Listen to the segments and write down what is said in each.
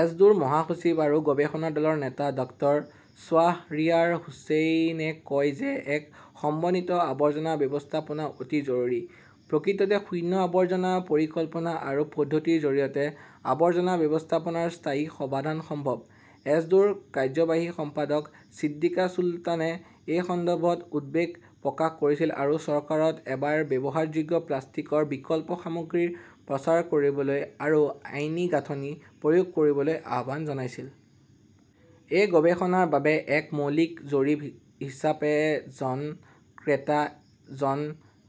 এছডোৰ মহাসচিব আৰু গৱেষণা দলৰ নেতা ডাঃ শ্বাহৰিয়াৰ হুচেইনে কয় যে এক সমন্বিত আৱৰ্জনা ব্যৱস্থাপনা অতি জৰুৰী। প্ৰকৃততে শূন্য আৱৰ্জনা পৰিকল্পনা আৰু পদ্ধতিৰ জৰিয়তে আৱৰ্জনা ব্যৱস্থাপনাৰ স্থায়ী সমাধান সম্ভৱ। এছডোৰ কাৰ্যবাহী সম্পাদক ছিদ্দিকা চুলতানে এই সন্দৰ্ভত উদ্বেগ প্ৰকাশ কৰিছিল আৰু চৰকাৰক এবাৰ ব্যৱহাৰযোগ্য প্লাষ্টিকৰ বিকল্প সামগ্ৰীৰ প্ৰচাৰ কৰিবলৈ আৰু আইনী গাঁথনি প্ৰয়োগ কৰিবলৈ আহ্বান জনাইছিল। এই গৱেষণাৰ বাবে এক মৌলিক জৰীপ হিচাপে জন ক্ৰেতা, জন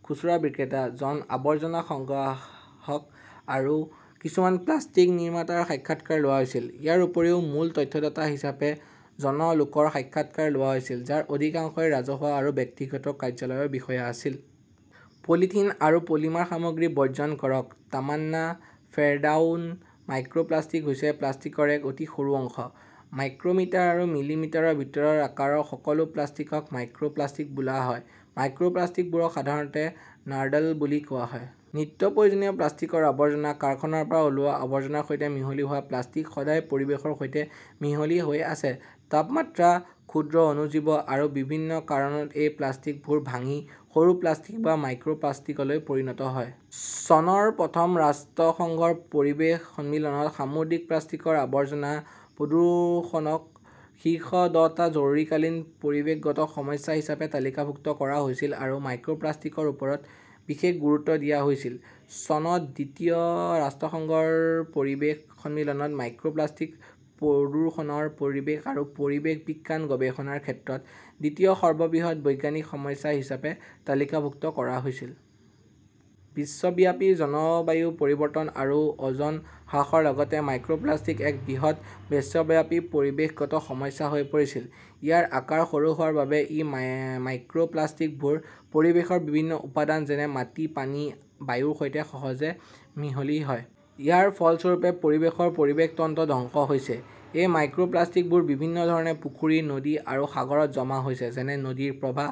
খুচুৰা বিক্ৰেতা, জন আৱৰ্জনা সংগ্ৰাহক আৰু কিছুমান প্লাষ্টিক নিৰ্মাতাৰ সাক্ষাৎকাৰ লোৱা হৈছিল। ইয়াৰ উপৰিও মূল তথ্যদাতা হিচাপে জন লোকৰ সাক্ষাৎকাৰ লোৱা হৈছিল, যাৰ অধিকাংশই ৰাজহুৱা আৰু ব্যক্তিগত কাৰ্যালয়ৰ বিষয়া আছিল। পলিথিন আৰু পলিমাৰ সামগ্ৰী বৰ্জন কৰক তামান্না ফেৰদাউল মাইক্ৰ 'প্লাষ্টিক হৈছে প্লাষ্টিকৰ এক অতি সৰু অংশ। মাইক্ৰ "মিটাৰ আৰু মিলিমিটাৰৰ ভিতৰত আকাৰৰ সকলো প্লাষ্টিকক মাইক্ৰ" প্লাষ্টিক বুলি কোৱা হয়। মাইক্ৰ 'প্লাষ্টিকবোৰক সাধাৰণতে নাৰ্ডল বুলি কোৱা হয়। নিত্যপ্ৰয়োজনীয় প্লাষ্টিকৰ আৱৰ্জনা, কাৰখানাৰ পৰা ওলোৱা আৱৰ্জনাৰ সৈতে মিহলি হোৱা প্লাষ্টিক সদায় পৰিৱেশৰ সৈতে মিহলি হৈ আছে। তাপমাত্ৰা, ক্ষুদ্ৰ অণুজীৱ আৰু বিভিন্ন কাৰণত এই প্লাষ্টিকবোৰ ভাঙি সৰু প্লাষ্টিক বা মাইক্ৰ 'প্লাষ্টিকলৈ পৰিণত হয়। চনৰ প্ৰথম ৰাষ্ট্ৰসংঘৰ পৰিৱেশ সন্মিলনত সামুদ্ৰিক প্লাষ্টিকৰ আৱৰ্জনা প্ৰদূষণক 'শীৰ্ষ দহটা জৰুৰীকালীন পৰিৱেশগত সমস্যা "হিচাপে তালিকাভুক্ত কৰা হৈছিল আৰু মাইক্ৰ" প্লাষ্টিকৰ ওপৰত বিশেষ গুৰুত্ব দিয়া হৈছিল। চনত দ্বিতীয় ৰাষ্ট্ৰসংঘৰ পৰিৱেশ সন্মিলনত মাইক্ৰ "প্লাষ্টিক প্ৰদূষণৰ পৰিৱেশ আৰু পৰিৱেশ বিজ্ঞান গৱেষণাৰ ক্ষেত্ৰত দ্বিতীয় সৰ্ববৃহৎ বৈজ্ঞানিক সমস্যা হিচাপে তালিকাভুক্ত কৰা হৈছিল। বিশ্বব্যাপী জলবায়ু পৰিৱৰ্তন আৰু অ "জন হ্ৰাসৰ লগতে মাইক্ৰ" প্লাষ্টিক এক বৃহৎ বিশ্বব্যাপী পৰিৱেশগত সমস্যা হৈ পৰিছিল। ইয়াৰ আকাৰ সৰু হোৱাৰ বাবে এই মাইক্ৰ 'প্লাষ্টিকবোৰ পৰিৱেশৰ বিভিন্ন উপাদান যেনে মাটি, পানী, বায়ুৰ সৈতে সহজে মিহলি হয়। ইয়াৰ ফলস্বৰূপে পৰিৱেশৰ পৰিৱেশ তন্ত্ৰ ধ্বংস হৈছে। এই মাইক্ৰ 'প্লাষ্টিকবোৰ বিভিন্ন ধৰণে পুখুৰী, নদী আৰু সাগৰত জমা হৈছে, যেনে নদীৰ প্ৰবাহ,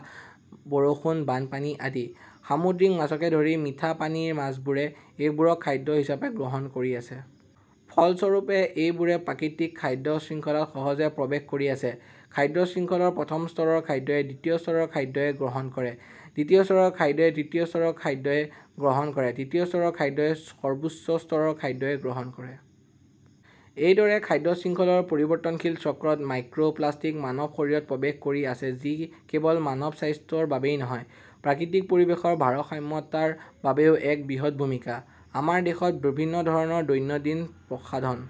বৰষুণ, বানপানী আদি। সামুদ্ৰিক মাছকে ধৰি মিঠা পানীৰ মাছবোৰে এইবোৰক খাদ্য হিচাপে গ্ৰহণ কৰি আছে। ফলস্বৰূপে, এইবোৰে প্ৰাকৃতিক খাদ্য শৃংখলাত সহজে প্ৰৱেশ কৰি আছে। খাদ্য শৃংখলৰ প্ৰথম স্তৰৰ খাদ্যই দ্বিতীয় স্তৰৰ খাদ্যই গ্ৰহণ কৰে, দ্বিতীয় স্তৰৰ খাদ্যই তৃতীয় স্তৰৰ খাদ্যই গ্ৰহণ কৰে, তৃতীয় স্তৰৰ খাদ্যই সৰ্বোচ্চ স্তৰৰ খাদ্যই গ্ৰহণ কৰে। এইদৰে খাদ্য শৃংখলৰ পৰিৱৰ্তনশীল চক্ৰত মাইক্ৰ "প্লাষ্টিক মানৱ শৰীৰত প্ৰৱেশ কৰি আছে যি কেৱল মানৱ স্বাস্থ্যৰ বাবেই নহয়, প্ৰাকৃতিক পৰিৱেশৰ ভাৰসাম্যতাৰ বাবেও এক বৃহৎ ভাবুকি। আমাৰ দেশত বিভিন্ন ধৰণৰ দৈনন্দিন প্ৰসাধন